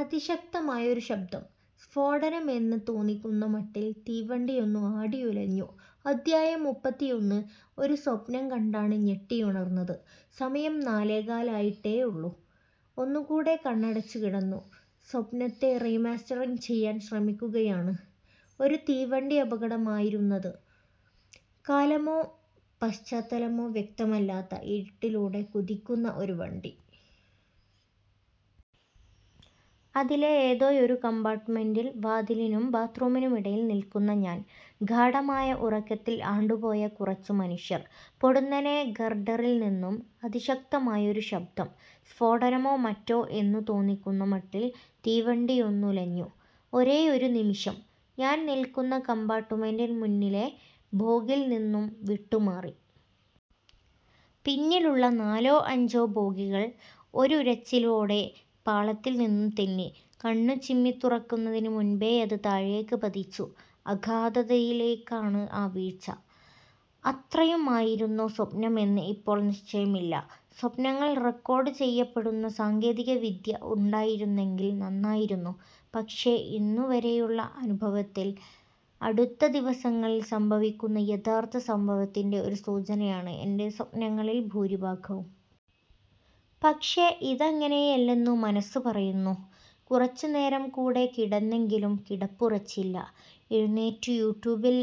'അതിശക്തമായൊരു ശബ്ദം; സ്ഫോടനമെന്ന് തോന്നിക്കുന്ന മട്ടിൽ തീവണ്ടിയൊന്ന് ആടിയുലഞ്ഞു... ' അധ്യായം: മുപ്പത്തിയൊന്ന് ഒരു സ്വപ്നം കണ്ടാണ് ഞെട്ടിയുണർന്നത്. സമയം നാലേകാല് ആയിട്ടേയുള്ളൂ. ഒന്നുകൂടെ കണ്ണടച്ചുകിടന്ന്, സ്വപ്നത്തെ റീ മാസ്റ്ററിംഗ് ചെയ്യാൻ ശ്രമിക്കുകയാണ്. ഒരു തീവണ്ടിയപകടമായിരുന്നത്. കാലമോ പശ്ചത്തലമോ വ്യക്തമല്ലാത്ത, ഇരൂട്ടിലൂടെ കൂതിക്കുന്ന ഒരു വണ്ടി. അതിലെ ഏതോയൊരു കംപാർട്ടുമെന്റിൽ, വാതിലിനും ബാത്ത് റൂമിനുമിടയിൽ നിൽക്കുന്ന ഞാൻ. ഗാഢമായ ഉറക്കത്തിൽ ആണ്ടുപോയ കുറച്ചു മനുഷ്യർ. പൊടുന്നനെ ഗർഡറിൽ നിന്നും അതിശക്തമായൊരു ശബ്ദം. സ്ഫോടനമോ മറ്റോ എന്നു തോന്നിക്കുന്ന മട്ടിൽ തീവണ്ടിയൊന്നുലഞ്ഞു. ഒരേയൊരു നിമിഷം! ഞാൻ നിൽക്കുന്ന കംപാർട്ടുമെന്റ് മുന്നിലെ ബോഗിയിൽ നിന്നും വിട്ടുമാറി! പിന്നിലുള്ള നാലോ അഞ്ചോ ബോഗികൾ ഒരുരച്ചിലോടെ പാളത്തിൽ നിന്നും തെന്നി. കണ്ണു ചിമ്മിത്തുറക്കുന്നതിനു മുൻപേയത് താഴേക്ക് പതിച്ചു. അഗാധതയിലേക്കാണ് ആ വീഴ്ച. അത്രയുമായിരുന്നോ സ്വപ്നമെന്ന് ഇപ്പോൾ നിശ്ചയമില്ല. സ്വപ്നങ്ങൾ റെക്കോർഡുചെയ്യപ്പെടുന്ന സാങ്കേതിവിദ്യ ഉണ്ടായിരുന്നെങ്കിൽ നന്നായിരുന്നു. പക്ഷേ, ഇന്നുവരേയുള്ള അനുഭവത്തിൽ അടുത്ത ദിവസങ്ങളിൽ സംഭവിക്കുന്ന യഥാർത്ഥ സംഭവത്തിന്റെ ഒരു സൂചനയാണ് എന്റെ സ്വപ്നങ്ങളിൽ ഭൂരിഭാഗവും. പക്ഷേ, ഇതങ്ങിനയല്ലെന്നു മനസു പറയുന്നു. കുറച്ചുനേരം കൂടെ കിടന്നെങ്കിലും കിടപ്പുറച്ചില്ല. എഴുന്നേറ്റ്, യൂടൂബിൽ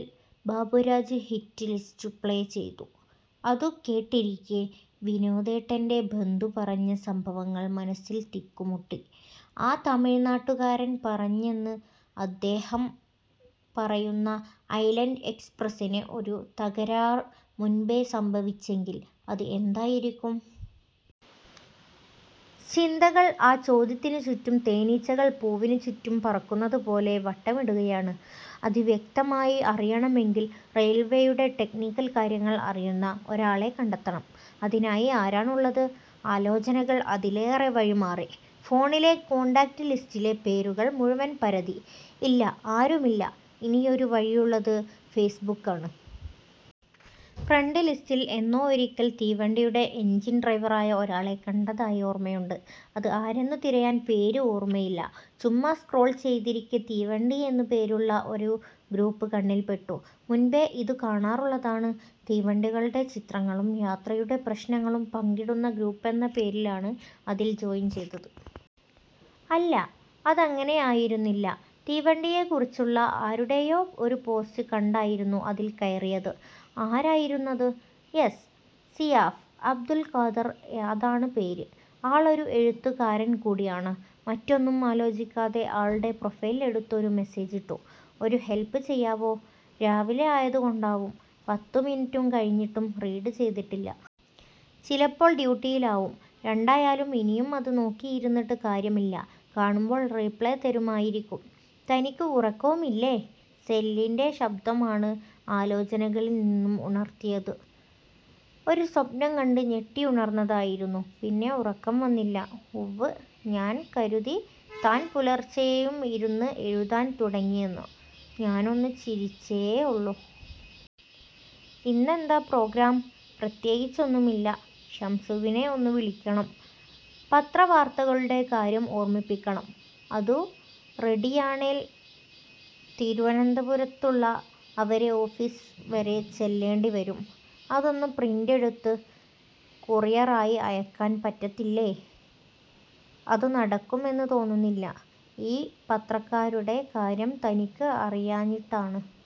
ബാബുരാജ് ഹിറ്റ് ലിസ്റ്റ് പ്ലേ ചെയ്തു. അതു കേട്ടിരിക്കെ, വിനോദേട്ടന്റെ, ബന്ധു പറഞ്ഞ സംഭവങ്ങൾ മനസിൽ തിക്കുമുട്ടി. ആ തമിഴ്നാട്ടുകാരൻ പറഞ്ഞെന്ന്, അദ്ദേഹം പറയുന്ന ഐലന്റ് എക്സപ്രസിന് ഒരു തകരാർ മുൻപെ സംഭവിച്ചെങ്കിൽ അത് എന്തായിരിക്കും? ചിന്തകൾ ആ ചോദ്യത്തിനു ചുറ്റും തേനിച്ചകൾ പൂവിനു ചുറ്റും പറക്കുന്നതു പോലെ വട്ടമിടുകയാണ്. അത് വ്യക്തമായി അറിയണമെങ്കിൽ റെയിൽവേയുടെ ടെക്നിക്കൽ കാര്യങ്ങൾ അറിയുന്ന ഒരാളെ കണ്ടെത്തണം. അതിനായി ആരാണുള്ളത്? ആലോചനകൾ അതിലേക്ക് വഴിമാറി. ഫോണിലെ കോണ്ടാക്ട് ലിസ്റ്റിലെ പേരുകൾ മുഴവൻ പരതി. ഇല്ല ആരുമില്ല. ഇനിയൊരു വഴിയുള്ളത് ഫെയ്സ്ബുക്കാണ്. ഫ്രണ്ട് ലിസ്റ്റിൽ എന്നോ ഒരിക്കൽ തീവണ്ടിയുടെ എഞ്ചിൻ ഡ്രൈവറായ ഒരാളെ കണ്ടതായി ഓർമയുണ്ട്. അത് ആരെന്നു തിരയാൻ പേര് ഓർമയില്ല. ചുമ്മാ സ്ക്രോൾ ചെയ്തിരിക്കെ, തീവണ്ടി എന്നു പേരുള്ള ഒരു ഗ്രൂപ്പ് കണ്ണിൽപ്പെട്ടു. മുൻപെ ഇതു കാണാറുള്ളതാണ്. തീവണ്ടികളുടെ ചിത്രങ്ങളും യാത്രയുടെ പ്രശ്നങ്ങളും പങ്കിടുന്ന ഗ്രൂപ്പെന്ന പേരിലാണ് അതിൽ ജോയിൻ ചെയ്തത്. അല്ല, അതങ്ങനെ ആയിരുന്നില്ല. തീവണ്ടിയെക്കുറിച്ചുള്ള ആരുടെയോ ഒരു പോസ്റ്റ് കണ്ടായിരുന്നു അതിൽ കയറിയത്. ആരായിരുന്നത്? യെസ്, സിയാഫ് അബ്ദുൾ ഖാദർ. അതാണ് പേര്. ആളൊരു എഴുത്തുകാരൻ കൂടിയാണ്. മറ്റൊന്നും ആലോചിക്കാതെ ആളുടെ പ്രൊഫൈൽ എടുത്ത് ഒരു മെസേജ് ഇട്ടു. 'ഒരു ഹെൽപ് ചെയ്യാവോ? ' രാവിലെ ആയതുകൊണ്ടാവും പത്തുമിനുറ്റു കഴിഞിട്ടും റീഡ് ചെയ്തിട്ടില്ല. ചിലപ്പോൾ ഡ്യൂട്ടിയിലാവും. രണ്ടായാലും ഇനിയം അതു നോക്കിയിരുന്നിട്ട് കാര്യമില്ല. കാണുമ്പോൾ റിപ്ലേ തരുമായിരിക്കും. "തനിക്ക് ഉറക്കവുമില്ലേ? " സെലിന്റെ ശബ്ദമാണ് ആലോചനകളിൽ നിന്നും ഉണർത്തിയത്. "ഒരു സ്വപ്നം കണ്ട് ഞെട്ടിയുണർന്നതായിരുന്നു. പിന്നെ ഉറക്കം വന്നില്ല" "ഉവ്വ്. ഞാൻ കരുതി താൻ പുലർച്ചയും ഇരുന്ന് എഴുതാൻ തുടങ്ങിയെന്ന്" ഞാനൊന്നു ചിരിച്ചേയുള്ളൂ. "ഇന്നെന്താ പ്രോഗ്രാം? " "പ്രത്യേകിച്ചൊന്നുമില്ല. ഷംസുവിനെ ഒന്നു വിളിക്കണം. പത്രവാർത്തകളുടെ കാര്യം ഓർമിപ്പിക്കണം. അതു റെഡിയാണേല് തിരുവനന്തപുരത്തുള്ള അവരെ ഓഫീസ് വരെ ചെല്ലേണ്ടി വരും. " "അതൊന്നു പ്രിന്റെടുത്ത് കൊറിയറായി അയക്കാൻ പറ്റത്തില്ലേ? " "അതു നടക്കുമെന്നു തോന്നുന്നില്ല. ഈ പത്രക്കാരുടെ കാര്യം തനിക്ക് അറിയാഞ്ഞിട്ടാണ്.